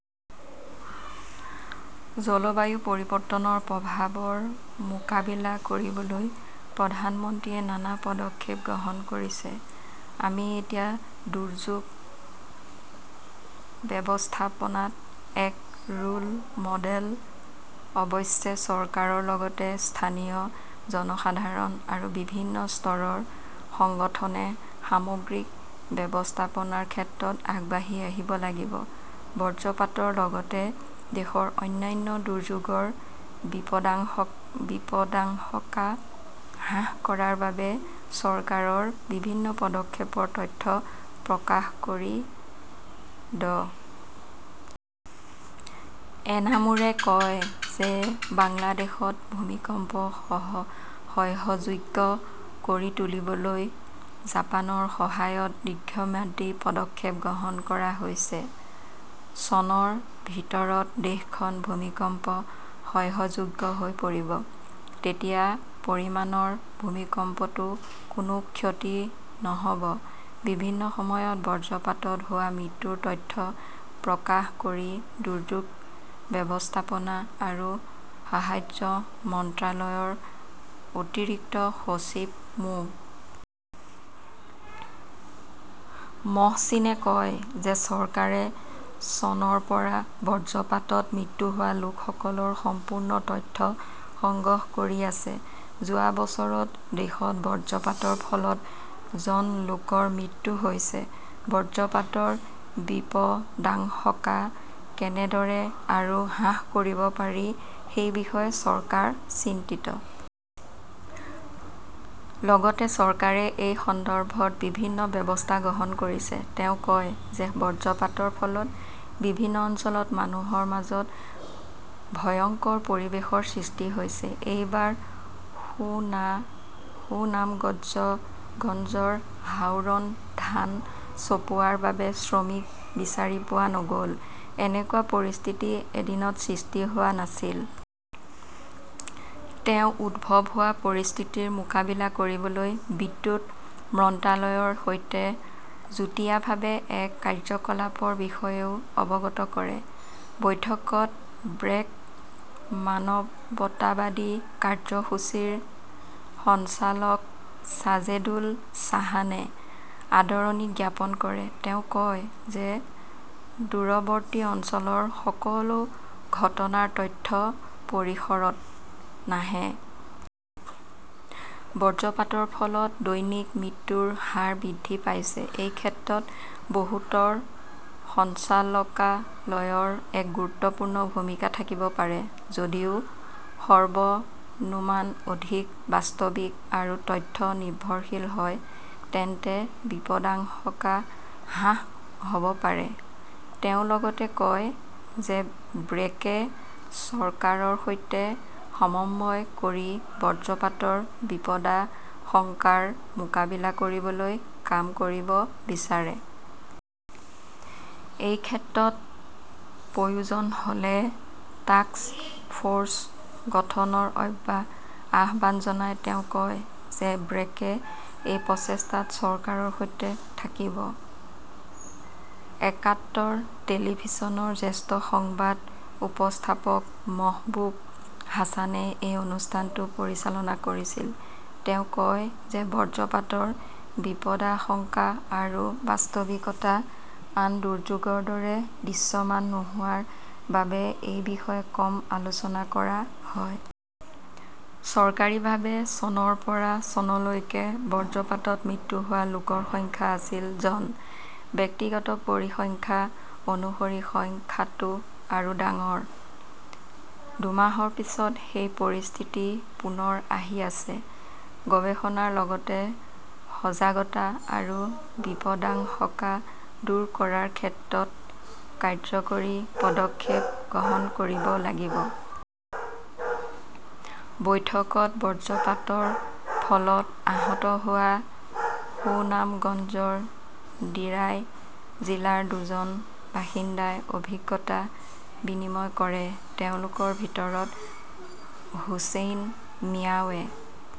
জলবায়ু পৰিৱৰ্তনৰ প্ৰভাৱৰ মোকাবিলা কৰিবলৈ প্ৰধানমন্ত্ৰীয়ে নানা পদক্ষেপ গ্ৰহণ কৰিছে। আমি এতিয়া দুৰ্যোগ ব্যৱস্থাপনাত এক ৰোল মডেল। অৱশ্যে, চৰকাৰৰ লগতে স্থানীয় জনসাধাৰণ আৰু বিভিন্ন স্তৰৰ সংগঠনে সামগ্ৰিক ব্যৱস্থাপনাৰ ক্ষেত্ৰত আগবাঢ়ি আহিব লাগিব। বজ্ৰপাতৰ লগতে দেশৰ অন্যান্য দুৰ্যোগৰ বিপদাশংকা হ্ৰাস কৰাৰ বাবে চৰকাৰৰ বিভিন্ন পদক্ষেপৰ তথ্য প্ৰকাশ কৰি ড। এনামুৰে কয় যে বাংলাদেশক ভূমিকম্প সহ্যযোগ্য কৰি তুলিবলৈ জাপানৰ সহায়ত দীৰ্ঘম্যাদী পদক্ষেপ গ্ৰহণ কৰা হৈছে। চনৰ ভিতৰত দেশখন ভূমিকম্প সহ্যযোগ্য হৈ পৰিব। তেতিয়া পৰিমাণৰ ভূমিকম্পতো কোনো ক্ষতি নহ "ব। বিভিন্ন সময়ত বজ্ৰপাতত হোৱা মৃত্যুৰ তথ্য প্ৰকাশ কৰি দুৰ্যোগ ব্যৱস্থাপনা আৰু সাহায্য মন্ত্ৰালয়ৰ অতিৰিক্ত সচিব মো. মহচিনে কয় যে চৰকাৰে চনৰ পৰা বজ্ৰপাতত মৃত্যু হোৱা লোকসকলৰ সম্পূৰ্ণ তথ্য সংগ্ৰহ কৰি আছে। যোৱা বছৰত দেশত বজ্ৰপাতৰ ফলত জন লোকৰ মৃত্যু হৈছে। বজ্ৰপাতৰ বিপদাশংকা কেনেদৰে আৰু হ্ৰাস কৰিব পাৰি সেই বিষয়ে চৰকাৰ চিন্তিত। লগতে চৰকাৰে এই সন্দৰ্ভত বিভিন্ন ব্যৱস্থা গ্ৰহণ কৰিছে। তেওঁ কয় যে বজ্ৰপাতৰ ফলত বিভিন্ন অঞ্চলত মানুহৰ মাজত ভয়ংকৰ পৰিৱেশৰ সৃষ্টি হৈছে। এইবাৰ সুনামগঞ্জৰ হাওৰত ধান চপোৱাৰ বাবে শ্ৰমিক বিচাৰি পোৱা নগ "ল। এনেকুৱা পৰিস্থিতি এদিনত সৃষ্টি হোৱা নাছিল। তেওঁ উদ্ভৱ হোৱা পৰিস্থিতিৰ মোকাবিলা কৰিবলৈ বিদ্যুৎ মন্ত্ৰালয়ৰ সৈতে যুটীয়াভাৱে এক কাৰ্যকলাপৰ বিষয়েও অৱগত কৰে। বৈঠকত ব্ৰেক মানৱতাবাদী কাৰ্যসূচীৰ সঞ্চালক ছাজেদুল হাছানে আদৰণি জ্ঞাপন কৰে। তেওঁ কয় যে দূৰৱৰ্তী অঞ্চলৰ সকলো ঘটনাৰ তথ্য পৰিসৰত নাহে। বজ্ৰপাতৰ ফলত দৈনিক মৃত্যুৰ হাৰ বৃদ্ধি পাইছে। এই ক্ষেত্ৰত বতৰ সঞ্চালকালয়ৰ এক গুৰুত্বপূৰ্ণ ভূমিকা থাকিব পাৰে। যদি পূৰ্বানুমান অধিক বাস্তৱিক আৰু তথ্য-নিৰ্ভৰশীল হয় তেন্তে বিপদাশংকা হ্ৰাস হ 'ব পাৰে। তেওঁ লগতে কয় যে ব্ৰেকে চৰকাৰৰ সৈতে সমন্বয় কৰি বজ্ৰপাতৰ বিপদাশংকাৰ মোকাবিলা কৰিবলৈ কাম কৰিব বিচাৰে। এই ক্ষেত্ৰত প্ৰয়োজন হ "লে টাস্ক ফ" ৰ্চ গঠনৰ আহ্বান জনাই তেওঁ কয় যে ব্ৰেকে এই প্ৰচেষ্টাত চৰকাৰৰ সৈতে থাকিব। একাত্তৰ টেলিভিছনৰ জ্যেষ্ঠ সংবাদ উপস্থাপক মহবূব হাছানে এই অনুষ্ঠানটো পৰিচালনা কৰিছিল। তেওঁ কয় যে বজ্ৰপাতৰ বিপদাশংকা আৰু বাস্তৱিকতা আন দুৰ্যোগৰ দৰে দৃশ্যমান নোহোৱাৰ বাবে এই বিষয়ে কম আলোচনা কৰা হয়। চৰকাৰীভাৱে চনৰ পৰা চনলৈকে বজ্ৰপাতত মৃত্যু হোৱা লোকৰ সংখ্যা আছিল জন। ব্যক্তিগত পৰিসংখ্যা অনুসৰি সংখ্যাটো আৰু ডাঙৰ। দুমাহৰ পিছত সেই পৰিস্থিতি পুনৰ আহি আছে। গৱেষণাৰ লগতে সজাগতা আৰু বিপদাশংকা দূৰ কৰাৰ ক্ষেত্ৰত কাৰ্যকৰী পদক্ষেপ গ্ৰহণ কৰিব লাগিব। বৈঠকত বজ্ৰপাতৰ ফলত আহত হোৱা সুনামগঞ্জৰ দিৰাই জিলাৰ দুজন বাসিন্দাই অভিজ্ঞতা বিনিময় কৰে। তেওঁলোকৰ ভিতৰত হুচেইন মিয়াৱে